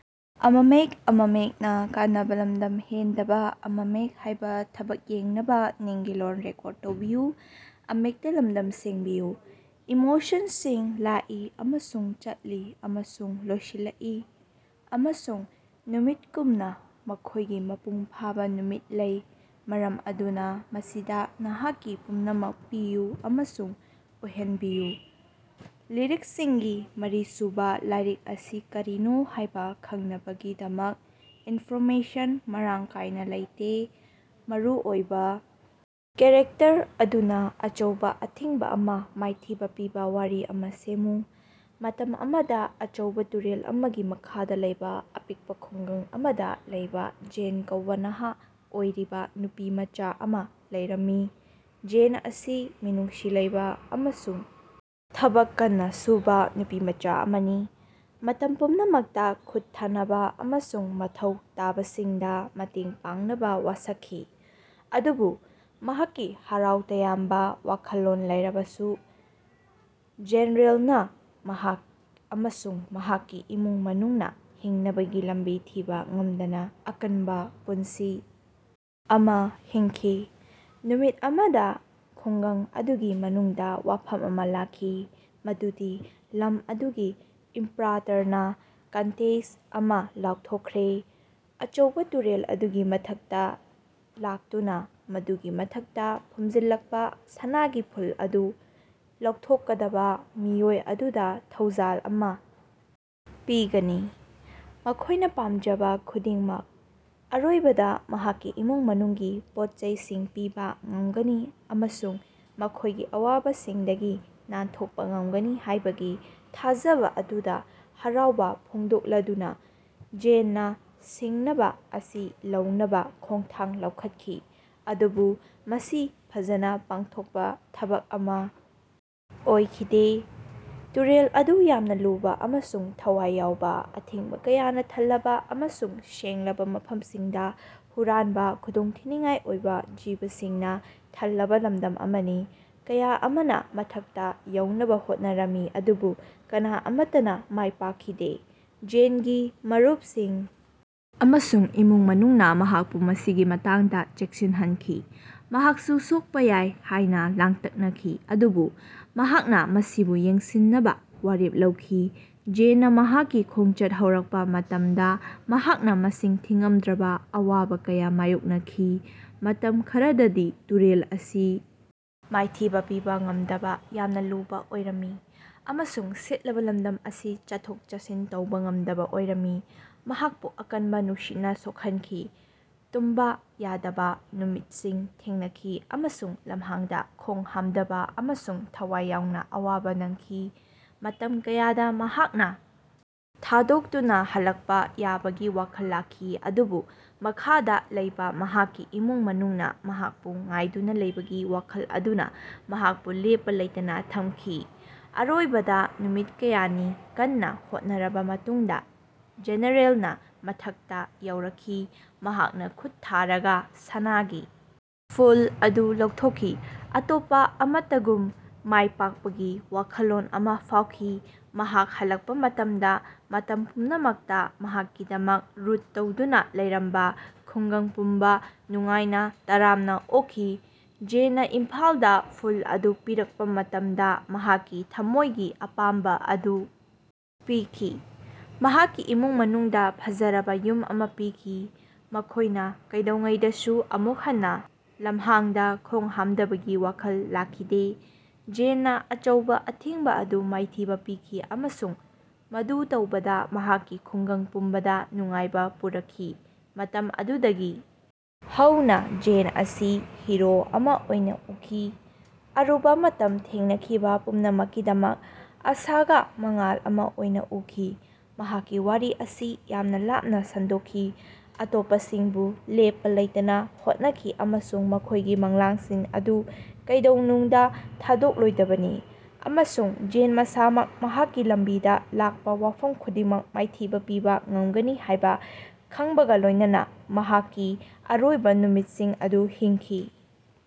ꯏꯃꯣꯁꯟꯁꯤꯡ ꯂꯥꯛꯏ ꯑꯃꯁꯨꯡ ꯆꯠꯂꯤ ꯑꯃꯁꯨꯡ ꯂꯣꯏꯁꯤꯜꯂꯛꯏ ꯑꯃꯁꯨꯡ ꯅꯨꯃꯤꯠꯒꯨꯝꯅ ꯃꯈꯣꯏꯒꯤ ꯃꯄꯨꯡ ꯐꯥꯕ ꯅꯨꯃꯤꯠ ꯂꯩ ꯃꯔꯝ ꯑꯗꯨꯅ ꯃꯁꯤꯗ ꯅꯍꯥꯛꯀꯤ ꯄꯨꯝꯅꯃꯛ ꯄꯤꯌꯨ ꯑꯃꯁꯨꯡ ꯑꯣꯏꯍꯟꯕꯤꯌꯨ꯫ ꯂꯤꯔꯤꯛꯁꯤꯡꯒꯤ ꯃꯔꯤꯁꯨꯕ ꯂꯥꯏꯔꯤꯛ ꯑꯁꯤ ꯀꯔꯤꯅꯣ ꯍꯥꯏꯕ ꯈꯪꯅꯕꯒꯤꯗꯃꯛ ꯏꯟꯐꯣꯔꯃꯦꯁꯟ ꯃꯔꯥꯡ ꯀꯥꯏꯅ ꯂꯩꯇꯦ꯫। ꯃꯔꯨꯑꯣꯏꯕꯥ ꯀꯦꯔꯦꯛꯇꯔ ꯑꯗꯨꯅꯥ ꯑꯆꯧꯕꯥ ꯑꯊꯤꯡꯕꯥ ꯑꯃꯥ ꯃꯥꯏꯊꯤꯕꯥ ꯄꯤꯕꯥ ꯋꯥꯔꯤ ꯑꯃꯥ ꯁꯦꯝꯃꯨ꯫ ꯃꯇꯝ ꯑꯃꯗꯥ ꯑꯆꯧꯕꯥ ꯇꯨꯔꯦꯜ ꯑꯃꯒꯤ ꯃꯈꯥꯗꯥ ꯂꯩꯕꯥ ꯑꯄꯤꯛꯄ ꯈꯨꯡꯒꯪ ꯑꯃꯗꯥ ꯂꯩꯕ ꯖꯦꯟ ꯀꯧꯕꯥ ꯅꯍꯥ ꯑꯣꯏꯔꯤꯕꯥ ꯅꯨꯄꯤꯃꯆꯥ ꯑꯃ ꯂꯩꯔꯝꯃꯤ꯫ ꯖꯦꯟ ꯑꯁꯤ ꯃꯤꯅꯨꯡꯁꯤ ꯂꯩꯕꯥ ꯑꯃꯁꯨꯡ ꯊꯕꯛ ꯀꯟꯅꯥ ꯁꯨꯕꯥ ꯅꯨꯄꯤꯃꯆꯥ ꯑꯃꯅꯤ, ꯃꯇꯝ ꯄꯨꯝꯅꯃꯛꯇꯥ ꯈꯨꯠ ꯊꯥꯅꯕꯥ ꯑꯃꯁꯨꯡ ꯃꯊꯧ ꯇꯥꯕꯁꯤꯡꯗꯥ ꯃꯇꯦꯡ ꯄꯥꯡꯅꯕꯥ ꯋꯥꯁꯛꯈꯤ꯫ ꯑꯗꯨꯕꯨ ꯃꯍꯥꯛꯀꯤ ꯍꯔꯥꯎ ꯇꯌꯥꯝꯕ ꯋꯥꯈꯜꯂꯣꯟ ꯂꯩꯔꯕꯁꯨ, ꯖꯦꯅꯔꯦꯂꯅꯥ ꯃꯍꯥꯛ ꯑꯃꯁꯨꯡ ꯃꯍꯥꯛꯀꯤ ꯏꯃꯨꯡ ꯃꯅꯨꯡꯅꯥ ꯍꯤꯡꯅꯕꯒꯤ ꯂꯝꯕꯤ ꯊꯤꯕꯥ ꯉꯝꯗꯅꯥ ꯑꯀꯟꯕꯥ ꯄꯨꯟꯁꯤ ꯑꯃꯥ ꯍꯤꯡꯈꯤ꯫ ꯅꯨꯃꯤꯠ ꯑꯃꯗꯥ ꯈꯨꯡꯒꯪ ꯑꯗꯨꯒꯤ ꯃꯅꯨꯡꯗꯥ ꯋꯥꯐꯝ ꯑꯃ ꯂꯥꯛꯈꯤ ꯃꯗꯨꯗꯤ ꯂꯝ ꯑꯗꯨꯒꯤ ꯏꯝꯄꯥꯔꯇꯔꯅꯥ ꯀꯟꯇꯦꯁꯠ ꯑꯃꯥ ꯂꯥꯎꯊꯣꯛꯈ꯭ꯔꯦ꯫ ꯑꯆꯧꯕꯥ ꯇꯨꯔꯦꯜ ꯑꯗꯨꯒꯤ ꯃꯊꯛꯇꯥ ꯂꯥꯛꯇꯨꯅꯥ ꯃꯗꯨꯒꯤ ꯃꯊꯛꯇ ꯐꯨꯝꯖꯤꯜꯂꯛꯄꯥ ꯁꯅꯥꯒꯤ ꯐꯨꯜ ꯑꯗꯨ ꯂꯧꯊꯣꯛꯀꯗꯕꯥ ꯃꯤꯑꯣꯏ ꯑꯗꯨꯗꯥ ꯊꯧꯖꯥꯜ ꯑꯃꯥ ꯄꯤꯒꯅꯤ, ꯃꯈꯣꯏꯅꯥ ꯄꯥꯝꯖꯕꯥ ꯈꯨꯗꯤꯡꯃꯛ꯫ ꯑꯔꯣꯏꯕꯗꯥ ꯃꯍꯥꯛꯀꯤ ꯏꯃꯨꯡ ꯃꯅꯨꯡꯒꯤ ꯄꯣꯠꯆꯩꯁꯤꯡ ꯄꯤꯕꯥ ꯉꯝꯒꯅꯤ ꯑꯃꯁꯨꯡ ꯃꯈꯣꯏꯒꯤ ꯑꯋꯥꯕꯁꯤꯡꯗꯒꯤ ꯅꯥꯟꯊꯣꯛꯄꯥ ꯉꯝꯒꯅꯤ ꯍꯥꯏꯕꯒꯤ ꯊꯥꯖꯕꯥ ꯑꯗꯨꯗꯥ ꯍꯔꯥꯎꯕꯥ ꯐꯣꯡꯗꯣꯛꯂꯗꯨꯅꯥ ꯖꯦꯟꯅꯥ ꯁꯤꯡꯅꯕꯥ ꯑꯁꯤ ꯂꯧꯅꯕꯥ ꯈꯣꯡꯊꯥꯡ ꯂꯧꯈꯠꯈꯤ꯫ ꯑꯗꯨꯕꯨ ꯃꯁꯤ ꯐꯖꯅꯥ ꯄꯥꯡꯊꯣꯛꯄꯥ ꯊꯕꯛ ꯑꯃꯥ ꯑꯣꯏꯈꯤꯗꯦ꯫ ꯇꯨꯔꯦꯜ ꯑꯗꯨ ꯌꯥꯝꯅꯥ ꯂꯨꯕꯥ ꯑꯃꯁꯨꯡ ꯊꯋꯥꯏ ꯌꯥꯎꯕꯥ, ꯑꯊꯤꯡꯕꯥ ꯀꯌꯥꯅꯥ ꯊꯜꯂꯕꯥ ꯑꯃꯁꯨꯡ ꯁꯦꯡꯂꯕꯥ ꯃꯐꯝꯁꯤꯡꯗꯥ ꯍꯨꯔꯥꯟꯕꯥ ꯈꯨꯗꯣꯡꯊꯤꯅꯤꯡꯉꯥꯏ ꯑꯣꯏꯕꯥ ꯖꯤꯕꯁꯤꯡꯅꯥ ꯊꯜꯂꯕꯥ ꯂꯝꯗꯝ ꯑꯃꯅꯤ꯫ ꯀꯌꯥ ꯑꯃꯅꯥ ꯃꯊꯛꯇꯥ ꯌꯧꯅꯕꯥ ꯍꯣꯠꯅꯔꯝꯃꯤ ꯑꯗꯨꯕꯨ ꯀꯅꯥ ꯑꯃꯠꯇꯅꯥ ꯃꯥꯏ ꯄꯥꯛꯈꯤꯗꯦ꯫ ꯖꯦꯟꯒꯤ ꯃꯔꯨꯞꯁꯤꯡ ꯑꯃꯁꯨꯡ ꯏꯃꯨꯡ ꯃꯅꯨꯡꯅꯥ ꯃꯍꯥꯛꯄꯨ ꯃꯁꯤꯒꯤ ꯃꯇꯥꯡꯗꯥ ꯆꯦꯛꯁꯤꯟꯍꯟꯈꯤ, ꯃꯍꯥꯛꯁꯨ ꯁꯣꯛꯄꯥ ꯌꯥꯏ ꯍꯥꯏꯅꯥ ꯂꯥꯡꯇꯛꯅꯈꯤ, ꯑꯗꯨꯕꯨ ꯃꯍꯥꯛꯅꯥ ꯃꯁꯤꯕꯨ ꯌꯦꯡꯁꯤꯟꯅꯕꯥ ꯋꯥꯔꯦꯞ ꯂꯧꯈꯤ꯫ ꯖꯦꯟꯅꯥ ꯃꯍꯥꯛꯀꯤ ꯈꯣꯡꯆꯠ ꯍꯧꯔꯛꯄꯥ ꯃꯇꯝꯗ ꯃꯍꯥꯛꯅꯥ ꯃꯁꯤꯡ ꯊꯤꯉꯝꯗ꯭ꯔꯕꯥ ꯑꯋꯥꯕ ꯀꯌꯥ ꯃꯥꯌꯣꯛꯅꯈꯤ꯫ ꯃꯇꯝ ꯈꯔꯗꯗꯤ ꯇꯨꯔꯦꯜ ꯑꯁꯤ ꯃꯥꯏꯊꯤꯕꯥ ꯄꯤꯕ ꯉꯝꯗꯕ ꯌꯥꯝꯅꯥ ꯂꯨꯕꯥ ꯑꯣꯏꯔꯝꯃꯤ, ꯑꯃꯁꯨꯡ ꯁꯤꯠꯂꯕꯥ ꯂꯝꯗꯝ ꯑꯁꯤ ꯆꯠꯊꯣꯛ-ꯆꯠꯁꯤꯟ ꯇꯧꯕꯥ ꯉꯝꯗꯕꯥ ꯑꯣꯏꯔꯝꯃꯤ꯫ ꯃꯍꯥꯛꯄꯨ ꯑꯀꯟꯕꯥ ꯅꯨꯡꯁꯤꯠꯅꯥ ꯁꯣꯛꯍꯟꯈꯤ, ꯇꯨꯝꯕꯥ ꯌꯥꯗꯕꯥ ꯅꯨꯃꯤꯠꯁꯤꯡ ꯊꯦꯡꯅꯈꯤ ꯑꯃꯁꯨꯡ ꯂꯝꯍꯥꯡꯗꯥ ꯈꯣꯡꯍꯥꯝꯗꯕꯥ ꯑꯃꯁꯨꯡ ꯊꯋꯥꯏ ꯌꯥꯎꯅ ꯑꯋꯥꯕꯥ ꯅꯪꯈꯤ꯫ ꯃꯇꯝ ꯀꯌꯥꯗ ꯃꯍꯥꯛꯅ ꯊꯥꯗꯣꯛꯇꯨꯅꯥ ꯍꯜꯂꯛꯄꯥ ꯌꯥꯕꯒꯤ ꯋꯥꯈꯜ ꯂꯥꯛꯈꯤ ꯑꯗꯨꯕꯨ ꯃꯈꯥꯗꯥ ꯂꯩꯕꯥ ꯃꯍꯥꯛꯀꯤ ꯏꯃꯨꯡ ꯃꯅꯨꯡꯅꯥ ꯃꯍꯥꯛꯄꯨ ꯉꯥꯏꯗꯨꯅꯥ ꯂꯩꯕꯒꯤ ꯋꯥꯈꯜ ꯑꯗꯨꯅꯥ ꯃꯍꯥꯛꯄꯨ ꯂꯦꯞꯄꯥ ꯂꯩꯇꯅꯥ ꯊꯝꯈꯤ꯫ ꯑꯔꯣꯏꯕꯗ ꯅꯨꯃꯤꯠ ꯀꯌꯥꯅꯤ ꯀꯟꯅꯥ ꯍꯣꯠꯅꯔꯕꯥ ꯃꯇꯨꯡꯗꯥ ꯖꯦꯅꯔꯦꯜꯅꯥ ꯃꯊꯛꯇꯥ ꯌꯧꯔꯛꯈꯤ꯫ ꯃꯍꯥꯛꯅꯥ ꯈꯨꯠ ꯊꯥꯔꯒꯥ ꯁꯅꯥꯒꯤ ꯐꯨꯜ ꯑꯗꯨ ꯂꯧꯊꯣꯛꯈꯤ, ꯑꯇꯣꯞꯄꯥ ꯑꯃꯠꯇꯒꯨꯝ ꯃꯥꯏꯄꯥꯛꯄꯒꯤ ꯋꯥꯈꯜꯂꯣꯟ ꯑꯃꯥ ꯐꯥꯎꯈꯤ꯫ ꯃꯍꯥꯛ ꯍꯜꯂꯛꯄꯥ ꯃꯇꯝꯗꯥ, ꯃꯇꯝ ꯄꯨꯝꯅꯃꯛꯇꯥ ꯃꯍꯥꯛꯀꯤꯗꯃꯛ ꯔꯨꯠ ꯇꯧꯗꯨꯅꯥ ꯂꯩꯔꯝꯕꯥ ꯈꯨꯡꯒꯪ ꯄꯨꯝꯕꯥ ꯅꯨꯡꯉꯥꯏꯅꯥ ꯇꯔꯥꯝꯅꯥ ꯑꯣꯛꯈꯤ꯫ ꯖꯦꯟꯅꯥ ꯏꯝꯐꯥꯜꯗꯥ ꯐꯨꯜ ꯑꯗꯨ ꯄꯤꯔꯛꯄꯥ ꯃꯇꯝꯗ ꯃꯍꯥꯛꯀꯤ ꯊꯝꯃꯣꯏꯒꯤ ꯑꯄꯥꯝꯕꯥ ꯑꯗꯨ ꯄꯤꯈꯤ꯫ ꯃꯍꯥꯛꯀꯤ ꯏꯃꯨꯡ ꯃꯅꯨꯡꯗꯥ ꯐꯖꯔꯕꯥ ꯌꯨꯝ ꯑꯃ ꯄꯤꯈꯤ, ꯃꯈꯣꯏꯅ ꯀꯩꯗꯧꯉꯩꯗꯁꯨ ꯑꯃꯨꯛ ꯍꯟꯅꯥ ꯂꯝꯍꯥꯡꯗꯥ ꯈꯣꯡ ꯍꯥꯝꯗꯕꯒꯤ ꯋꯥꯈꯜ ꯂꯥꯛꯈꯤꯗꯦ꯫ ꯖꯦꯟꯅꯥ ꯑꯆꯧꯕꯥ ꯑꯊꯤꯡꯕꯥ ꯑꯗꯨ ꯃꯥꯏꯊꯤꯕꯥ ꯄꯤꯈꯤ ꯑꯃꯁꯨꯡ ꯃꯗꯨ ꯇꯧꯕꯗꯥ ꯃꯍꯥꯛꯀꯤ ꯈꯨꯡꯒꯪ ꯄꯨꯝꯕꯗꯥ ꯅꯨꯡꯉꯥꯏꯕꯥ ꯄꯨꯔꯛꯈꯤ꯫ ꯃꯇꯝ ꯑꯗꯨꯗꯒꯤ ꯍꯧꯅꯥ ꯖꯦꯟ ꯑꯁꯤ ꯍꯤꯔꯣ ꯑꯃꯥ ꯑꯣꯏꯅꯥ ꯎꯈꯤ, ꯑꯔꯨꯕꯥ ꯃꯇꯝ ꯊꯦꯡꯅꯈꯤꯕꯥ ꯄꯨꯝꯅꯃꯛꯀꯤꯗꯃꯛ ꯑꯥꯁꯥꯒꯤ ꯃꯉꯥꯜ ꯑꯃꯥ ꯑꯣꯏꯅꯥ ꯎꯈꯤ꯫ ꯃꯍꯥꯛꯀꯤ ꯋꯥꯔꯤ ꯑꯁꯤ ꯌꯥꯝꯅꯥ ꯂꯥꯞꯅꯥ ꯁꯟꯗꯣꯛꯈꯤ, ꯑꯇꯣꯞꯄꯁꯤꯡꯕꯨ ꯂꯦꯞꯄꯥ ꯂꯩꯇꯅꯥ ꯍꯣꯠꯅꯈꯤ ꯑꯃꯁꯨꯡ ꯃꯈꯣꯏꯒꯤ ꯃꯪꯂꯥꯟꯁꯤꯡ ꯑꯗꯨ ꯀꯩꯗꯧꯅꯨꯡꯗꯥ ꯊꯥꯗꯣꯛꯂꯣꯏꯗꯕꯅꯤ꯫ ꯑꯃꯁꯨꯡ ꯖꯦꯟ ꯃꯁꯥꯃꯛ, ꯃꯍꯥꯛꯀꯤ ꯂꯝꯕꯤꯗꯥ ꯂꯥꯛꯄꯥ ꯋꯥꯐꯝ ꯈꯨꯗꯤꯡꯃꯛ ꯃꯥꯏꯊꯤꯕꯥ ꯄꯤꯕꯥ ꯉꯝꯒꯅꯤ ꯍꯥꯏꯕꯥ ꯈꯪꯕꯒꯥ ꯂꯣꯏꯅꯅ ꯃꯍꯥꯛꯀꯤ ꯑꯔꯣꯏꯕꯥ ꯅꯨꯃꯤꯠꯁꯤꯡ ꯑꯗꯨ ꯍꯤꯡꯈꯤ꯫।